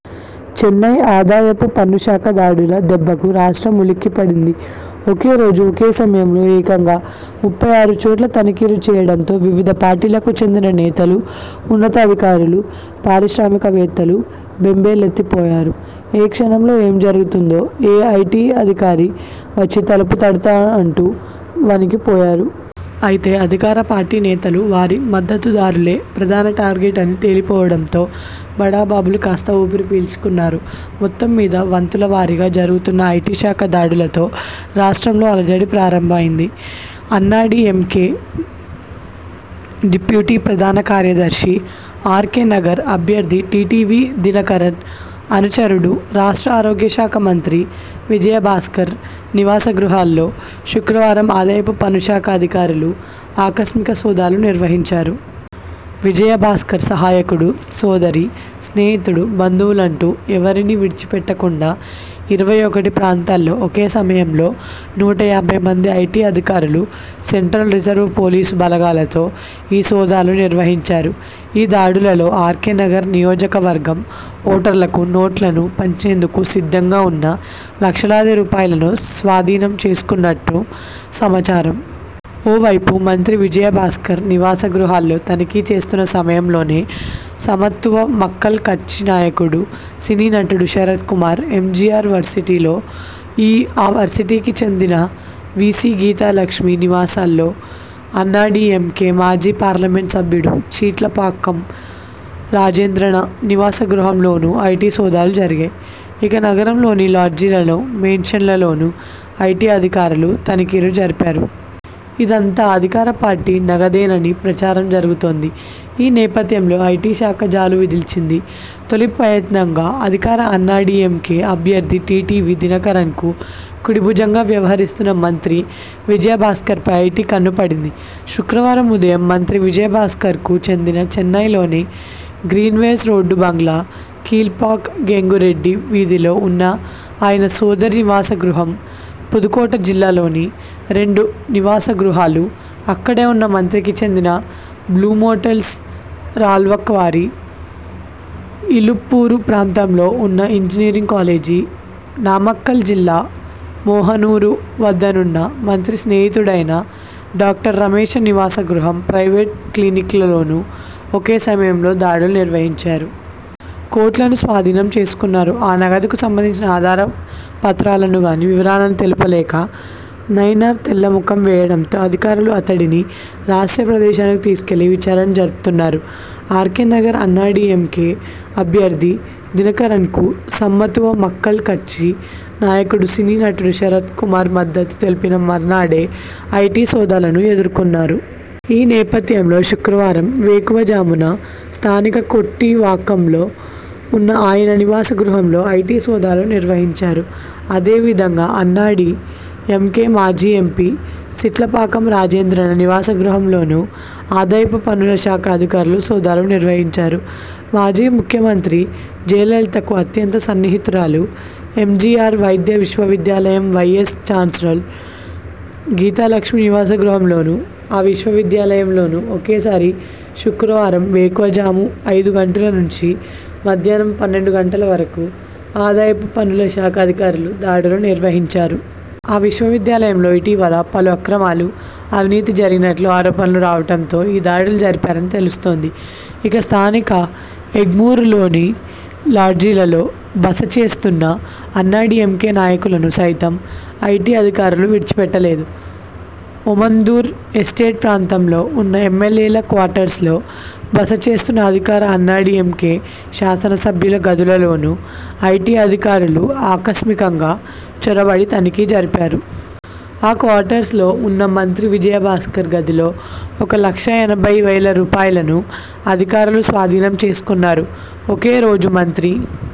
చెన్నై ఆదాయపు పన్నుశాఖ దాడుల దెబ్బకు రాష్ట్రం ఉలిక్కిపడింది. ఒకే రోజు, ఒకే సమయంలో ఏకంగా ముప్పై ఆరు చోట్ల తనిఖీలు చేయడంతో వివిధ పార్టీలకు చెందిన నేతలు, ఉన్నతాధికారులు, పారిశ్రామికవేత్తలు బెంబేలెత్తిపోయారు. ఏ క్షణంలో ఏం జరుగుతుందో, ఏ ఐటీ అధికారి వచ్చి తలుపు తడతానంటూ వణికిపోయారు. అయితే అధికార పార్టీ నేతలు, వారి మద్దతుదారులే ప్రధాన టార్గెట్ అని తేలిపోవడంతో బడాబాబులు కాస్త ఊపిరి పీల్చుకున్నారు. మొత్తం మీద వంతుల వారీగా జరుగుతున్న ఐటీశాఖ దాడులతో రాష్ట్రంలో అలజడి ప్రారంభమైంది. అన్నాడీఎంకే డిప్యూటీ ప్రధాన కార్యదర్శి, ఆర్కేనగర్ అభ్యర్థి టీటీవీ దినకరన్ అనుచరుడు రాష్ట్ర ఆరోగ్యశాఖ మంత్రి విజయభాస్కర్ నివాసగృహాల్లో శుక్రవారం ఆదాయపు పన్నుశాఖ అధికారులు ఆకస్మిక సోదాలు నిర్వహించారు. విజయభాస్కర్ సహాయకుడు, సోదరి, స్నేహితుడు, బంధువులంటూ ఎవరినీ విడిచిపెట్టకుండా ఇరవై ఒకటి ప్రాంతాల్లో ఒకే సమయంలో నూట యాభై మంది ఐటీ అధికారులు, సెంట్రల్ రిజర్వు పోలీసు బలగాలతో ఈ సోదాలు నిర్వహించారు. ఈ దాడులలో ఆర్కేనగర్ నియోజకవర్గం ఓటర్లకు నోట్లను పంచేందుకు సిద్ధంగా ఉన్న లక్షలాది రూపాయలను స్వాధీనం చేసుకున్నట్టు సమాచారం. ఓ వైపు మంత్రి విజయభాస్కర్ నివాసగృహాల్లో తనిఖీచేస్తున్న సమయంలోనే సమత్తువ మక్కల్ కట్చి నాయకుడు, సినీ నటుడు శరత్కుమార్, ఎంజీఆర్ వర్శిటీలో, ఆ వర్శిటీకి చెందిన వీసీ గీతాలక్ష్మి నివాసాల్లో, అన్నాడీఎంకే మాజీ పార్లమెంట్ సభ్యుడు చీట్లపాక్కం రాజేంద్రన నివాసగృహంలోను ఐటీ సోదాలు జరిగాయి. ఇక నగరంలోని లాడ్జీలలో, మేన్షన్ లలోనూ ఐటీ అధికారులు తనిఖీలు జరిపారు. ఇదంతా అధికార పార్టీ నగదేనని ప్రచారం జరుగుతోంది. ఈ నేపథ్యంలో ఐటీ శాఖ జూలు విదిల్చింది. తొలి ప్రయత్నంగా అధికార అన్నాడీఎంకే అభ్యర్థి టీటీవీ దినకరనకు కుడిభుజంగా వ్యవహరిస్తున్న మంత్రి విజయభాస్కర్పై ఐటీ కన్ను పడింది. శుక్రవారం ఉదయం మంత్రి విజయభాస్కర్కు చెందిన చెన్నైలోని గ్రీనవేస్ రోడ్డు బంగ్లా, కీల్పాక్ గెంగురెడ్డి వీధిలో ఉన్న ఆయన సోదరి నివాసగృహం, పుదుకోట జిల్లాలోని రెండు నివాసగృహాలు, అక్కడే వున్న మంత్రికి చెందిన బ్లూమోటల్స్ రాళ్లక్వారీ, ఇలుప్పూరు ప్రాంతంలో ఉన్న ఇంజనీరింగ్ కాలేజీ, నామక్కల్ జిల్లా మోహనూరు వద్దనున్న మంత్రి స్నేహితుడైన డాక్టర్ రమేశ నివాసగృహం, ప్రైవేట్ క్లినిక్లలోనూ ఒకే సమయంలో దాడులు నిర్వహించారు. కోట్లను స్వాధీనం చేసుకున్నారు. ఆ నగదుకు సంబంధించిన ఆధార పత్రాలను గానీ, వివరాలను తెలుపలేక నైనార్ తెల్లముఖం వేయడంతో అధికారులు అతడిని రహస్య ప్రదేశానికి తీసుకెళ్లి విచారణ జరుపుతున్నారు. ఆర్కేనగర్ అన్నాడీఎంకే అభ్యర్థి దినకరన్కు సమత్తువ మక్కల్ కట్చి నాయకుడు సినీనటుడు శరతకుమార్ మద్దతు తెలిపిన మర్నాడే ఐటీ సోదాలను ఎదుర్కొన్నారు. ఈ నేపథ్యంలో శుక్రవారం వేకువజామున స్థానిక కొట్టివాక్కంలో ఉన్న ఆయన నివాసగృహంలో ఐటీ సోదాలు నిర్వహించారు. అదే విధంగా అన్నాడీఎంకే మాజీ ఎంపీ సిట్లపాకం రాజేంద్రన నివాసగృహంలోనూ ఆదాయపు పన్నుల శాఖ అధికారులు సోదాలు నిర్వహించారు. మాజీ ముఖ్యమంత్రి జయలలితకు అత్యంత సన్నిహితురాలు, ఎంజీఆర్ వైద్య విశ్వవిద్యాలయం వైస్ ఛాన్సరల్ గీతాలక్ష్మి నివాసగృహంలోను, ఆ విశ్వవిద్యాలయంలోనూ ఒకేసారి శుక్రవారం వేకువజాము ఐదు గంటల నుంచి మధ్యాహ్నం పన్నెండు గంటల వరకు ఆదాయపు పన్నుల శాఖ అధికారులు దాడులు నిర్వహించారు. ఆ విశ్వవిద్యాలయంలో ఇటీవల పలు అక్రమాలు, అవినీతి జరిగినట్లు ఆరోపణలు రావటంతో ఈ దాడులు జరిపారని తెలుస్తోంది. ఇక స్థానిక ఎగ్మూరులోని లాడ్జీలలో బసచేస్తున్న అన్నాడీఎంకే నాయకులను సైతం ఐటీ అధికారులు విడిచిపెట్టలేదు. ఓమందూర్ ఎస్టేట్ ప్రాంతంలో ఉన్న ఎమ్మెల్యేల క్వార్టర్స్లో బసచేస్తున్న అధికార అన్నాడీఎంకే శాసనసభ్యుల గదులలోనూ ఐటీ అధికారులు ఆకస్మికంగా చొరబడి తనిఖీ జరిపారు. ఆ క్వార్టర్స్లో ఉన్న మంత్రి విజయభాస్కర్ గదిలో ఒక లక్ష ఎనభై వేల రూపాయలను అధికారులు స్వాధీనం చేసుకున్నారు. ఒకే రోజు మంత్రి